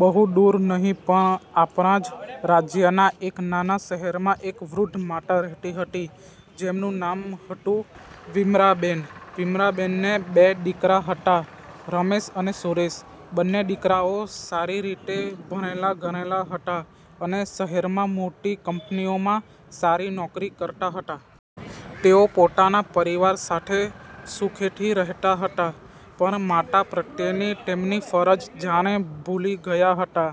બહુ દૂર નહીં પણ આપણા જ રાજ્યના એક નાના શહેરમાં એક વૃદ્ધ માતા રહેતી હતી, જેમનું નામ હતું વિમળાબેન. વિમળાબેનને બે દીકરા હતા – રમેશ અને સુરેશ. બંને દીકરાઓ સારી રીતે ભણેલા-ગણેલા હતા અને શહેરમાં મોટી કંપનીઓમાં સારી નોકરી કરતા હતા. તેઓ પોતાના પરિવાર સાથે સુખેથી રહેતા હતા, પણ માતા પ્રત્યેની તેમની ફરજ જાણે ભૂલી ગયા હતા.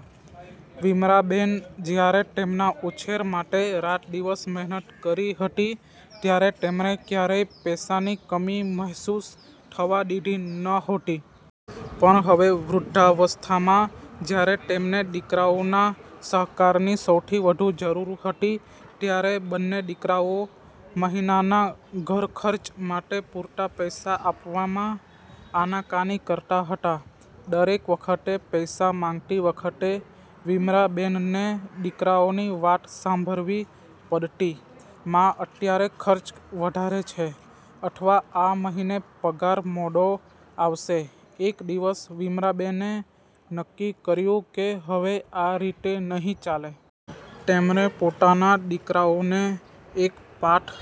વિમળાબેન જ્યારે તેમના ઉછેર માટે રાત-દિવસ મહેનત કરી હતી, ત્યારે તેમણે ક્યારેય પૈસાની કમી મહેસૂસ થવા દીધી નહોતી. પણ હવે, વૃદ્ધાવસ્થામાં જ્યારે તેમને દીકરાઓના સહકારની સૌથી વધુ જરૂર હતી, ત્યારે બંને દીકરાઓ મહિનાના ઘરખર્ચ માટે પૂરતા પૈસા આપવામાં આનાકાની કરતા હતા. દરેક વખતે પૈસા માંગતી વખતે વિમળાબેનને દીકરાઓની વાત સાંભળવી પડતી: મા, અત્યારે ખર્ચ વધારે છે, અથવા "આ મહિને પગાર મોડો આવશે" એક દિવસ વિમળાબેને નક્કી કર્યું કે હવે આ રીતે નહીં ચાલે. તેમણે પોતાના દીકરાઓને એક પાઠ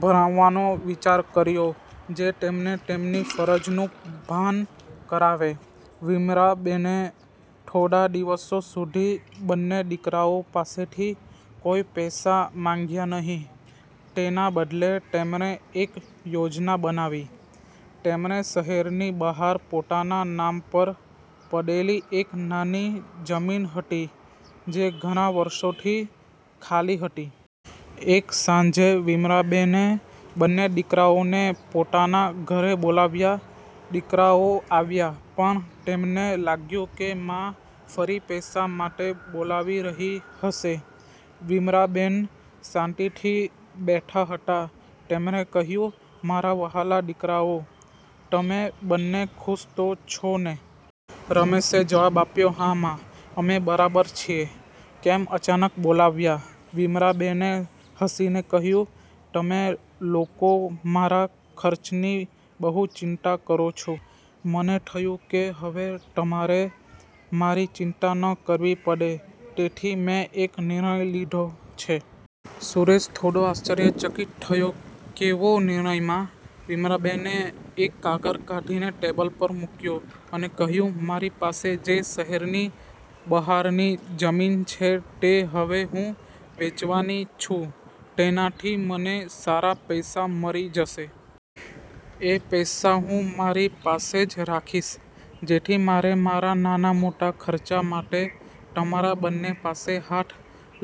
ભણાવવાનો વિચાર કર્યો, જે તેમને તેમની ફરજનું ભાન કરાવે. વિમળાબેને થોડા દિવસો સુધી બંને દીકરાઓ પાસેથી કોઈ પૈસા માંગ્યા નહીં. તેના બદલે, તેમણે એક યોજના બનાવી. તેમણે શહેરની બહાર પોતાના નામ પર પડેલી એક નાની જમીન હતી, જે ઘણા વર્ષોથી ખાલી હતી. એક સાંજે વિમળાબેને બંને દીકરાઓને પોતાના ઘરે બોલાવ્યા. દીકરાઓ આવ્યા, પણ તેમને લાગ્યું કે મા ફરી પૈસા માટે બોલાવી રહી હશે. વિમળાબેન શાંતિથી બેઠા હતા. તેમણે કહ્યું, મારા વહાલા દીકરાઓ, તમે બંને ખુશ તો છો ને? રમેશે જવાબ આપ્યો, હા મા, અમે બરાબર છીએ. કેમ અચાનક બોલાવ્યા? વિમળાબેને હસીને કહ્યું, તમે લોકો મારા ખર્ચની બહુ ચિંતા કરો છો. મને થયું કે હવે તમારે મારી ચિંતા ન કરવી પડે, તેથી મેં એક નિર્ણય લીધો છે. સુરેશ થોડો આશ્ચર્યચકિત થયો, કેવો નિર્ણય, મા? વિમળાબેને એક કાગળ કાઢીને ટેબલ પર મૂક્યો અને કહ્યું, મારી પાસે જે શહેરની બહારની જમીન છે, તે હવે હું વેચવાની છું. તેનાથી મને સારા પૈસા મળી જશે. એ પૈસા હું મારી પાસે જ રાખીશ, જેથી મારે મારા નાના-મોટા ખર્ચા માટે તમારા બંને પાસે હાથ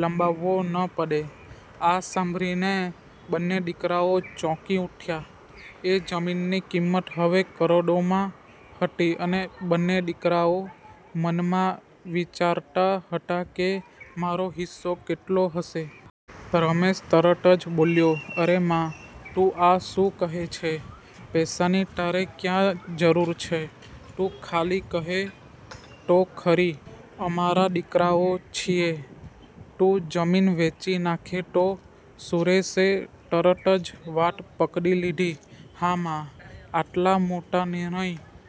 લંબાવવો ન પડે. આ સાંભળીને બંને દીકરાઓ ચોંકી ઉઠ્યા. એ જમીનની કિંમત હવે કરોડોમાં હતી, અને બંને દીકરાઓ મનમાં વિચારતા હતા કે મારો હિસ્સો કેટલો હશે. રમેશ તરત જ બોલ્યો, અરે મા! તું આ શું કહે છે? પૈસાની તારે ક્યાં જરૂર છે? તું ખાલી કહે તો ખરી! અમારા દીકરાઓ છીએ! તું જમીન વેચી નાખે તો! સુરેશે તરત જ વાત પકડી લીધી, હા મા, આટલા મોટા નિર્ણય